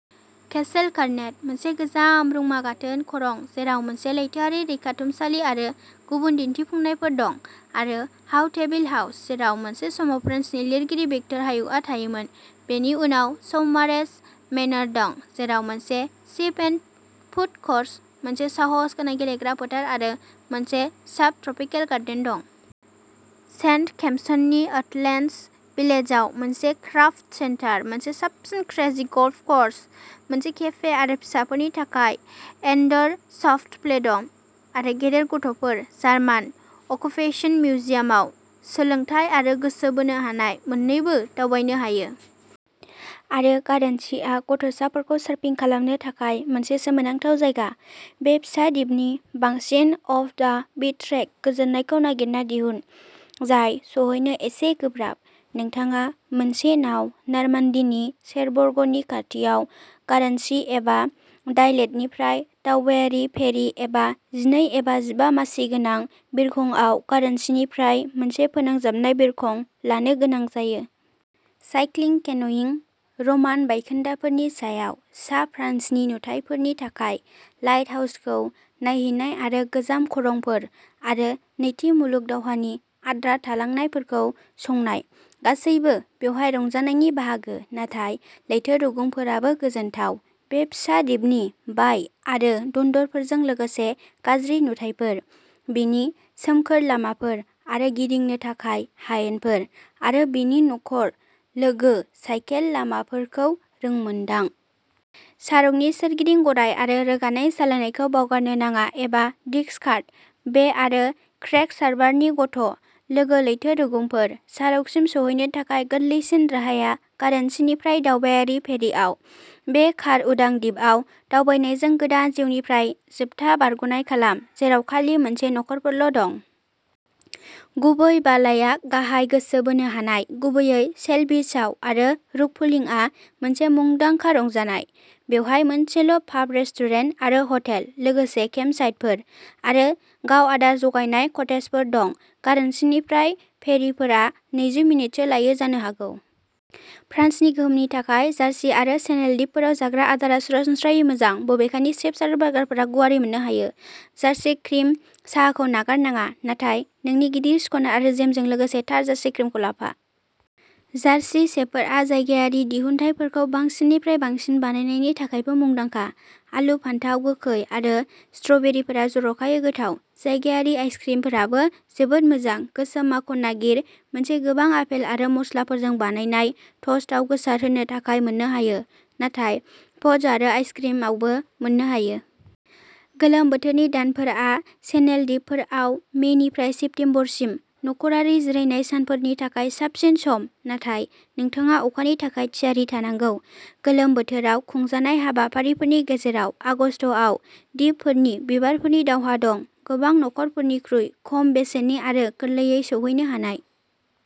Castle करनेट मोनसे गोजाम रुंमा गाथोन खरं जेराव मोनसे लैथोआरि रैखाथुमसालि आरो गुबुन दिन्थिफुंनायफोर दं। आरो हाउटेभिल हाउस जेराव मोनसे समाव फ्रान्सनि लिरगिरि भिक्टर हयुग'आ थायोमोन। बेनि उनाव सौमारेज मेन'र दं। जेराव मोनसे पिच एन्ड पुट क'र्स मोनसे साहसगोनां गेलेग्रा फोथार आरो मोनसे साब ट्रपिकेल गार्डेन दं। सेन्ट सेम्पसननि अटलेन्डस भिलेजआव मोनसे क्राफ्ट सेन्टार मोनसे साबसिन क्रेजि गल्फ क'र्स मोनसे केफे आरो फिसाफोरनि थाखाय इनड'र सफ्टप्ले दं। आरो गेदेर गथ'फोरा जार्मान अकुपेसन मिउजियामाव सोलोंथाइ आरो गोसो बोनो हानाय मोननैबो दावबायनो हायो। आरो गार्नसीआ गथ'साफोरखौ सारफिं खालामनो थाखाय मोनसे सोमोनांथाव जायगा। बे फिसा दिपनि बांसिन अफ द बिट ट्रेक गोजोननायखौ नागिरना दिहुन। जाय सौहैनो एसे गोब्राब नोंथाङा मोनसे नाव नार्मान्डीनि चेरबर्गनि खाथियाव गार्नसी एबा डायलेटनिफ्राय दावबायारि फेरि एबा जिनै एबा जिबा मासि गोनां बिरखंआव गार्नसीनिफ्राय मोनसे फोनांजाबनाय बिरखं लानो गोनां जायो। Cycling canoeing. रमान बायखोन्दाफोरनि सायाव सा फ्रान्सनि नुथायफोरनि थाखाय लाइटहाउसखौ नायहैनाय आरो गोजाम खरंफोर आरो नैथि मुलुग दावहानि आद्रा थालांनायफोरखौ संनाय गासैबो बेवहाय रंजानायनि बाहागो नाथाय लैथो रुगुंफोराबो गोजोनथाव। बे फिसा दिपनि बाय आरो दन्दरफोरजों लोगोसे गाज्रि नुथाइफोर बेनि सोमखोर लामाफोर आरो गिदिंनो थाखाय हायेनफोर आरो बेनि नखर लोगो साइकेल लामाफोरखौ रोंमोनदां। सार्कनि सोरगिदिं गराय आरो रोगानाय सालायनायखौ बावगारनो नाङा एबा डिक्सकार्ट बे आरो क्रेक्स हार्बारनि गथ' लोगो लैथो रुगुंफोरखौ। सार्कसिम सौहैनो थाखाय गोरलैसिन राहाया गार्नसिनिफ्राय दावबायारि फेरिआव। बे कार उदां दिपआव दावबायनायजों गोदान जिउनिफ्राय जोबथा बारग'नाय खालाम जेराव खालि माखासे नखरफोरल' दं। गुबै बालाया गाहाय गोसो बोनो हानाय गुबैयै शेल बीचआव आरो रकपुलिंआ मोनसे मुंदांखा रंजानाय। बेवहाय मोनसेल' पाब रेस्टुरेन्ट आरो हटेल लोगोसे केम्पसाइटफोर आरो गाव आदार जगायनाय कटेजफोर दं। गार्नसिनिफ्राय फेरिफोरा नैजि मिनिटसो लायो जानो हागौ। फ्रान्सनि गोहोमनि थाखाय जार्सि आरो चेनेल दिपफोराव जाग्रा आदारा सरासनस्रायै मोजां बबेखानि चिप्स आरो बार्गारफोरा गुवारै मोननो हायो। जार्सि क्रिम साहाखौ नागारनाङा नाथाय नोंनि गिदिर स्कन आरो जेमजों लोगोसे थार जार्सि क्रिमखौ लाफा। जार्सि सेफफोरा जायगायारि दिहुनथायफोरखौ बांसिननिफ्राय बांसिन बानायनायनि थाखायबो मुंदांखा आलु फानथाव गोखै आरो स्ट्रबेरीफोरा जर'खायै गोथाव। जायगायारि आइस क्रिमफोराबो जोबोद मोजां गोसोम माखन नागिर मोनसे गोबां आपेल आरो मस्लाफोरजों बानायनाय ट'स्टआव गोसारहोनो थाखाय मोननो हायो नाथाय फज आरो आइस क्रिमआवबो मोननो हायो। गोलोम बोथोरनि दानफोरा चेनेल दिपफोराव मेनिफ्राय सेप्तेम्बरसिम नखरारि जिरायनाय सानफोरनि थाखाय साबसिन सम नाथाय नोंथाङा अखानि थाखाय थियारि थानांगौ। गोलोम बोथोराव खुंजानाय हाबाफारिफोरनि गेजेराव आगस्तआव दिपफोरनि बिबारफोरनि दावहा दं। गोबां नखरफोरनिख्रुइ खम बेसेननि आरो गोरलैयै सौहैनो हानाय।